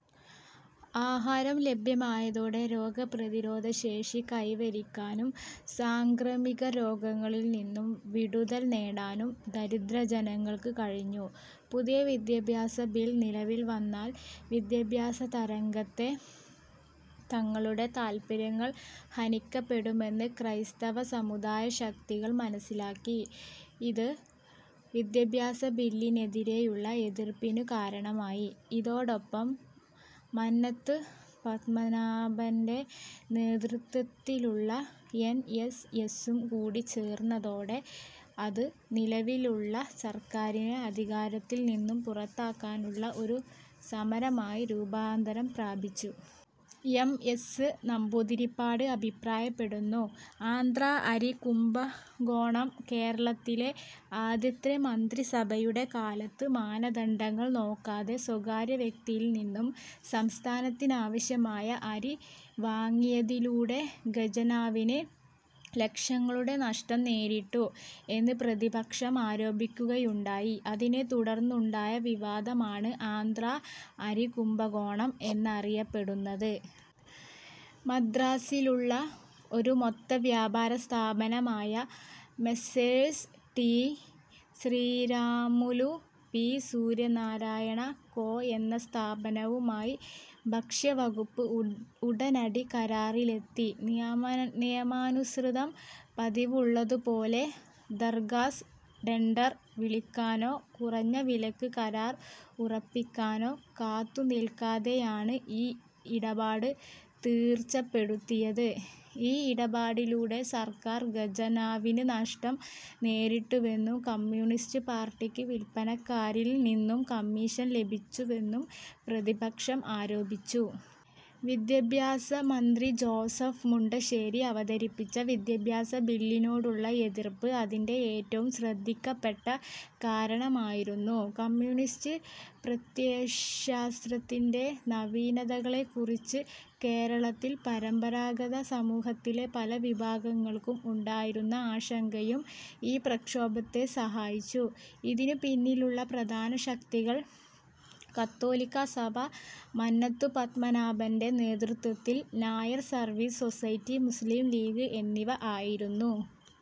ആഹാരം ലഭ്യമായതോടെ, രോഗപ്രതിരോധശേഷി കൈവരിക്കാനും, സാംക്രമികരോഗങ്ങളിൽ നിന്നും വിടുതൽ നേടാനും ദരിദ്രജനങ്ങൾക്കു കഴിഞ്ഞു. പുതിയ വിദ്യാഭ്യാസ ബിൽ നിലവിൽ വന്നാൽ വിദ്യാഭ്യാസരംഗത്തെ തങ്ങളുടെ താൽപര്യങ്ങൾ ഹനിക്കപ്പെടുമെന്ന് ക്രൈസ്തവ സമുദായശക്തികൾ മനസ്സിലാക്കി. ഇത് വിദ്യാഭ്യാസബില്ലിനെതിരേയുള്ള എതിർപ്പിനു കാരണമായി. ഇതോടൊപ്പം മന്നത്തു പദ്മനാഭന്റെ നേതൃത്വത്തിലുള്ള എൻ. എസ്. എസ്സും കൂടി ചേർന്നതോടെ അത് നിലവിലുള്ള സർക്കാരിനെ അധികാരത്തിൽ നിന്നും പുറത്താക്കാനുള്ള ഒരു സമരമായി രൂപാന്തരം പ്രാപിച്ചു. എം. എസ്സ് നമ്പൂതിരിപ്പാട് അഭിപ്രായപ്പെടുന്നു. ആന്ധ്രാ അരി കുംഭകോണം: കേരളത്തിലെ ആദ്യത്തെ മന്ത്രിസഭയുടെ കാലത്ത് മാനദണ്ഡങ്ങൾ നോക്കാതെ സ്വകാര്യ വ്യക്തിയിൽ നിന്നും സംസ്ഥാനത്തിനാവശ്യമായ അരി വാങ്ങിയതിലൂടെ ഖജനാവിന് ലക്ഷങ്ങളുടെ നഷ്ടം നേരിട്ടു എന്ന് പ്രതിപക്ഷം ആരോപിക്കുകയുണ്ടായി, അതിനെ തുടർന്നുണ്ടായ വിവാദമാണ് ആന്ധ്രാ അരി കുംഭകോണം എന്നറിയപ്പെടുന്നത്. മദ്രാസ്സിലുള്ള ഒരു മൊത്തവ്യാപാരസ്ഥാപനമായ "Messrs T. Sriramulu, P. Suryanarayana & Co. " എന്ന സ്ഥാപനവുമായി ഭക്ഷ്യവകുപ്പ് ഉടനടി കരാറിലെത്തി. നിയമാനുസൃതം പതിവുള്ളതുപോലെ ദർഘാസ് ടെണ്ടർ വിളിക്കാനോ കുറഞ്ഞ വിലയ്ക്കു് കരാർ ഉറപ്പിക്കാനോ കാത്തുനിൽക്കാതെയാണു് ഈ ഇടപാട് തീർച്ചപ്പെടുത്തിയതു്. ഈ ഇടപാടിലൂടെ സർക്കാർ ഖജനാവിന് നഷ്ടം നേരിട്ടുവെന്നും, കമ്മ്യൂണിസ്റ്റ് പാർട്ടിക്ക് വില്പനക്കാരനിൽ നിന്നും കമ്മീഷൻ ലഭിച്ചുവെന്നും പ്രതിപക്ഷം ആരോപിച്ചു. വിദ്യാഭ്യാസമന്ത്രി ജോസഫ് മുണ്ടശ്ശേരി അവതരിപ്പിച്ച വിദ്യാഭ്യാസ ബില്ലിനോടുള്ള എതിർപ്പ് അതിന്റെ ഏറ്റവും ശ്രദ്ധിക്കപ്പെട്ട കാരണമായിരുന്നു. കമ്മ്യൂണിസ്റ്റു പ്രത്യയശാസ്ത്രത്തിന്റെ നവീനതകളെക്കുറിച്ച് കേരളത്തിൽ പരമ്പരാഗത സമൂഹത്തിലെ പലവിഭാഗങ്ങൾക്കും ഉണ്ടായിരുന്ന ആശങ്കയും ഈ പ്രക്ഷോഭത്തെ സഹായിച്ചു. ഇതിനു പിന്നിലുള്ള പ്രധാന ശക്തികൾ കത്തോലിക്കാ സഭ, മന്നത്തു പത്മനാഭന്റെ നേതൃത്വത്തിൽ Nair Service Society, Muslim League എന്നിവ ആയിരുന്നു.